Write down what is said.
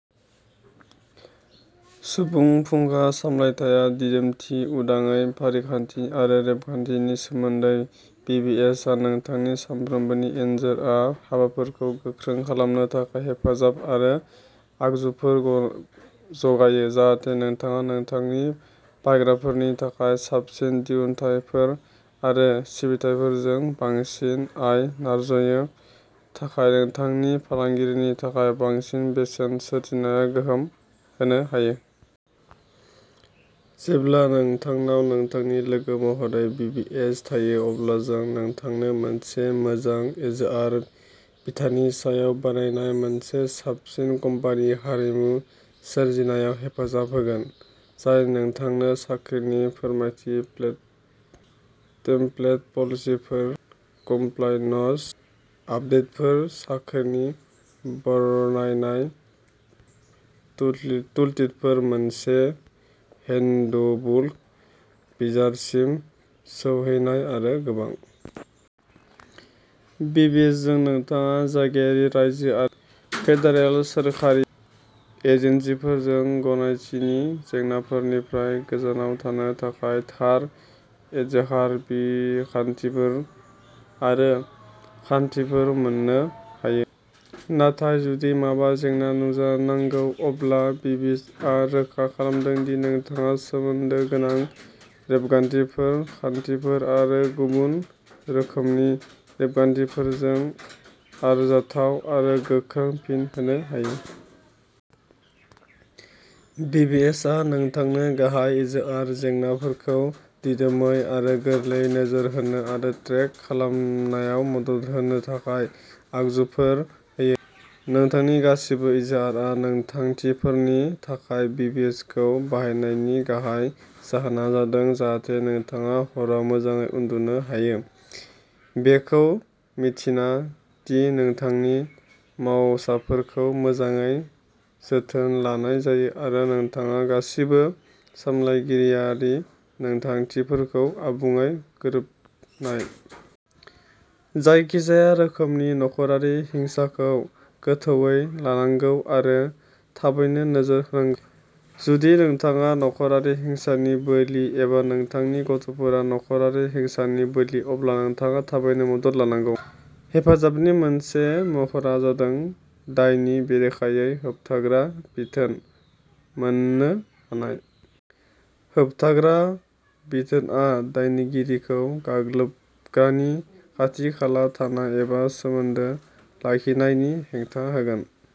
सुबुं फुंखा सामलायथाया दिदोमथि, उदाङै, फारिखान्थि आरो रेबगान्थिनि सोमोन्दै। बिबिएसआ नोंथांनि सानफ्रोमबोनि एइचआर हाबाफोरखौ गोख्रों खालामनो थाखाय हेफाजाब आरो आगजुफोर जगायो जाहाथे नोंथाङा नोंथांनि बायग्राफोरनि थाखाय साबसिन दिहुनथायफोर आरो सिबिथाइफोरजों बांसिन आय आर्जिनो थाखाय नोंथांनि फालांगिनि थाखाय बांसिन बेसेन सोरजिनायाव गोसो होनो हायो। जेब्ला नोंथांनाव नोंथांनि लोगो महरै बिबिएस थायो, अब्ला जों नोंथांनो मोनसे मोजां एचआर बिथानि सायाव बानायनाय मोनसे साबसिन कम्पानि हारिमु सोरजिनायाव हेफाजाब होगोन, जाय नोंथांनो साख्रिनि फोरमायथि, टेमप्लेट पलिसिफोर, कमप्लायन्स आपदेटफोर, साख्रिनि बरनायनाय, टुलकिटफोर, मोनसे हेन्डबुक विजार्डसिम सौहैनाय आरो गोबां। बिबिएसजों, नोंथाङा जायगायारि, रायजो आरो फेडारेल सोरखारि एजेन्सिफोरजों गनायथिनि जेंनाफोरनिफ्राय गोजानाव थानो थाखाय थार एइचआर बिखान्थिफोर आरो खान्थिफोर मोननो हायो। नाथाय जुदि माबा जेंना नुजानांगौ, अब्ला बिबिएसआ रोखा खालामो दि नोंथाङा सोमोन्दो गोनां रेबगान्थिफोर, खान्थिफोर आरो गुबुन रोखोमनि रेबगान्थिफोरजों आरजाथाव आरो गोख्रै फिन होनो हायो। बिबिएसआ नोंथांनो गाहाय एइचआर जेंनाफोरखौ दिदोमै आरो गोरलैयै नोजोर होनो आरो ट्रेक खालामनायाव मदद होनो थाखाय आगजुफोर होयो। नोंथांनि गासिबो एइचआर गोनांथिफोरनि थाखाय बिबिएसखौ बाहायनायनि गाहाय जाहोना जादों जाहाथे नोंथाङा हराव मोजाङै उन्दुनो हायो, बेखौ मिन्थिना दि नोंथांनि मावसाफोरखौ मोजाङै जोथोन लानाय जायो आरो नोंथाङा गासिबो सामलायथायारि गोनांथिफोरजों आबुङै गोरोबनाय। जायखिजाया रोखोमनि नख'रारि हिंसाखौ गोथौवै लानांगौ आरो थाबैनो नोजोर होनांगौ। जुदि नोंथाङा नख'रारि हिंसानि बोलि एबा नोंथांनि गथ'फोरा नख'रारि हिंसानि बोलि, अब्ला नोंथाङा थाबैनो मदद लानांगौ। हेफाजाबनि मोनसे महरआ जादों दायनि बेरेखायै होबथाग्रा बिथोन मोन्नो हानाय। होबथाग्रा बिथोनआ दायनिगिरिखौ गाग्लोबग्रानि खाथि-खाला थानाय एबा सोमोन्दो लाखिनायनि हेंथा होगोन।